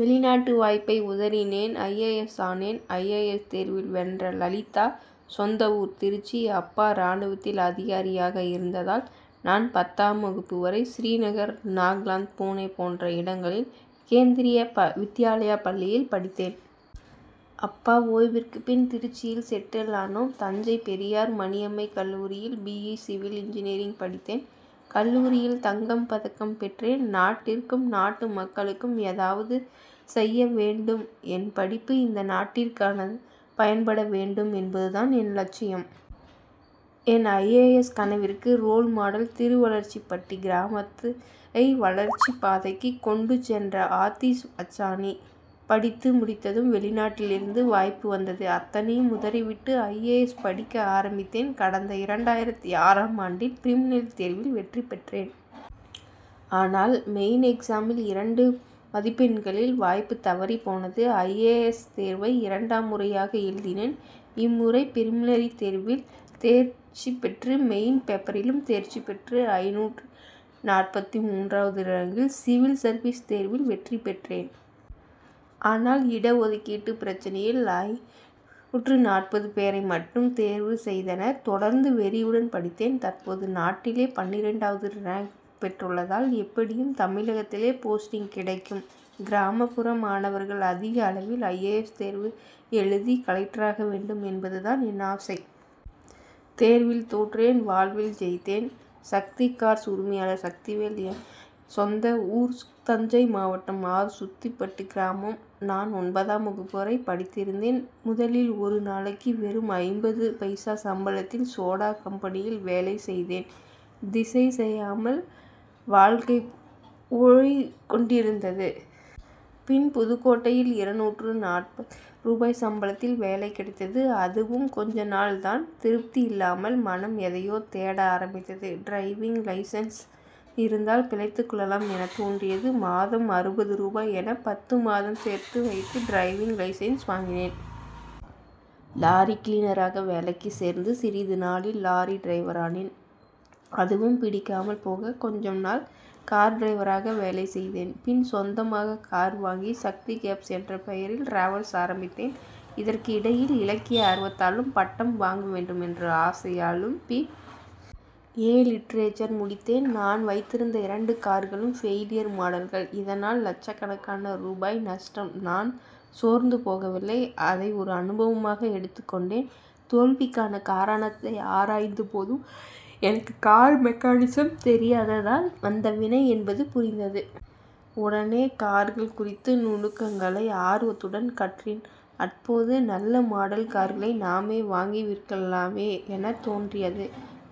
வெளிநாட்டு வாய்ப்பை உதறினேன் ஐ. ஏ. எஸ். ஆனேன்! ஐ. ஏ. எஸ். தேர்வில் வென்ற லலிதா சொந்த ஊர் திருச்சி. அப்பா ராணுவத்தில் அதிகாரியாக இருந்ததால் நான் பத்தாம் வகுப்பு வரை ஸ்ரீநகர் நாகலாந்து புனே போன்ற இடங்களில் கேந்திரிய வித்யாலயா பள்ளியில் படித்தேன். அப்பா ஓய்விற்குப் பின் திருச்சியில் செட்டில் ஆனோம். தஞ்சை பெரியார் மணியம்மை கல்லூரியில் பி. இ. சிவில் இன்ஜினியரிங் படித்தேன். கல்லூரியில் தங்கப் பதக்கம் பெற்றேன். நாட்டிற்கும் நாட்டு மக்களுக்கும் ஏதாவது செய்ய வேண்டும். என் படிப்பு இந்த நாட்டிற்காகத்தான் பயன்பட வேண்டும் என்பதுதான் என் லட்சியம். என் ஐ. ஏ. எஸ். கனவிற்கு ரோல் மாடல் திருவளர்ச்சிப்பட்டி கிராமத்தை வளர்ச்சிப் பாதைக்கு கொண்டு சென்ற ஆசிஷ் வச்சானி. படித்து முடித்ததும் வெளிநாட்டில் இருந்து வாய்ப்பு வந்தது. அத்தனையும் உதறிவிட்டு ஐ. ஏ. எஸ். படிக்க ஆரம்பித்தேன். கடந்த இரண்டாயிரத்து ஆறாம் ஆண்டில் பிரிலிமினரி தேர்வில் வெற்றி பெற்றேன். ஆனால் மெயின் எக்சாமில் இரண்டு மதிப்பெண்களில் வாய்ப்பு தவறிப் போனது. ஐ. ஏ. எஸ். தேர்வை இரண்டாம் முறையாக எழுதினேன். இம்முறை பிரிலிமினரி தேர்வில் தேர்ச்சி பெற்று மெயின் பேப்பரிலும் தேர்ச்சி பெற்று ஐந்நூற்று நாற்பத்து மூன்றாவது ரேங்கில் சிவில் சர்வீஸ் தேர்வில் வெற்றி பெற்றேன். ஆனால் இட ஒதுக்கீட்டு பிரச்னையில் ஐந்நூற்று நாற்பது பேரை மட்டுமே தேர்வு செய்தனர். தொடர்ந்து வெறியுடன் படித்தேன். தற்போது நாட்டிலேயே பன்னிரண்டாவது ரேங்க் பெற்றுள்ளதால் எப்படியும் தமிழகத்திலேயே போஸ்டிங் கிடைக்கும். கிராமப்புற மாணவர்கள் அதிக அளவில் ஐ. ஏ. எஸ். தேர்வு எழுதி கலெக்டராக வேண்டும் என்பதுதான் என் ஆசை. தேர்வில் தோற்றேன் வாழ்வில் ஜெயித்தேன்! சக்தி கார்ஸ் உரிமையாளர் சக்திவேல் என் சொந்த ஊர் தஞ்சை மாவட்டம் ஆர். சுத்திப்பட்டு கிராமம். நான் ஒன்பதாம் வகுப்பு வரை படித்திருந்தேன். முதலில் ஒரு நாளைக்கு வெறும் ஐம்பது பைசா சம்பளத்தில் சோடா கம்பெனியில் வேலை செய்தேன். திசை தெரியாமல் வாழ்க்கை போய் கொண்டிருந்தது. பின் புதுக்கோட்டையில் இருநூற்று நாற்பது ரூபாய் சம்பளத்தில் வேலை கிடைத்தது. அதுவும் கொஞ்ச நாள் தான். திருப்தியில்லாமல் மனம் எதையோ தேட ஆரம்பித்தது. டிரைவிங் லைசென்சு இருந்தால் பிழைத்துக் கொள்ளலாம் எனத் தோன்றியது. மாதம் அறுபது ரூபாய் என பத்து மாதம் சேர்த்து வைத்து டிரைவிங் லைசென்ஸ் வாங்கினேன். லாரி கிளீனராக வேலைக்கு சேர்ந்து சிறிது நாளில் லாரி டிரைவரானேன். அதுவும் பிடிக்காமல் போக கொஞ்சம் நாள் கார் டிரைவராக வேலை செய்தேன். பின் சொந்தமா கார் வாங்கி சக்தி கேப்ஸ் என்ற பெயரில் டிராவல்ஸ் ஆரம்பித்தேன். இதற்கு இடையில் இலக்கிய ஆர்வத்தாலும் பட்டம் வாங்க வேண்டும் என்ற ஆசையாலும் பி. ஏ. லிட்ரேச்சர் முடித்தேன். நான் வைத்திருந்த இரண்டு கார்களும் பெயிலியர் மாடல்கள். இதனால் லட்சக்கணக்கான ரூபாய் நஷ்டம். நான் சோர்ந்து போகவில்லை. அதை ஒரு அனுபவமாக எடுத்துக் கொண்டேன். தோல்விக்கான காரணத்தை ஆராய்ந்த போது எனக்கு கார் மெக்கானிசம் தெரியாததால் வந்த வினை என்பது புரிந்தது. உடனே கார்கள் குறித்த நுணுக்கங்களை ஆர்வத்துடன் கற்றேன். அப்போது நல்ல மாடல் கார்களை நாமே வாங்கி விற்கலாமே எனத் தோன்றியது.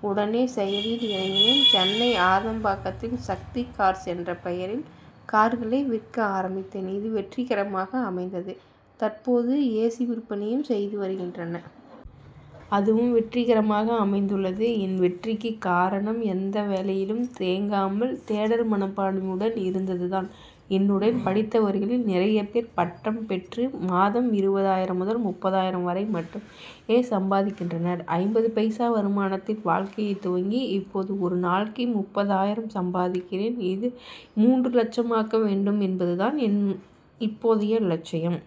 உடனே செயலில் இறங்கினேன். சென்னை ஆதம்பாக்கத்தில் சக்தி கார்ஸ் என்ற பெயரில் கார்களை விற்க ஆரம்பித்தேன். இது வெற்றிகரமாக அமைந்தது. தற்போது ஏசி விற்பனையையும் செய்து வருகிறேன். அதுவும் வெற்றிகரமாக அமைந்துள்ளது. என் வெற்றிக்கு காரணம் எந்த வேலையிலும் தேங்காமல் தேடல் மனப்பான்மையுடன் இருந்ததுதான். என்னுடன் படித்தவர்களில் நிறைய பேர் பட்டம் பெற்று மாதம் இருபது ஆயிரம் முதல் முப்பது ஆயிரம் ரூபாய் வரை மட்டுமே சம்பாதிக்கின்றனர். ஐம்பது பைசா வருமானத்தில் வாழ்க்கையை துவங்கி இப்போது ஒரு நாளைக்கு முப்பது ஆயிரம் ரூபாய் சம்பாதிக்கிறேன். இதை மூன்று லட்சமாக்க வேண்டும் என்பதுதான் என் இப்போதைய லட்சியம்.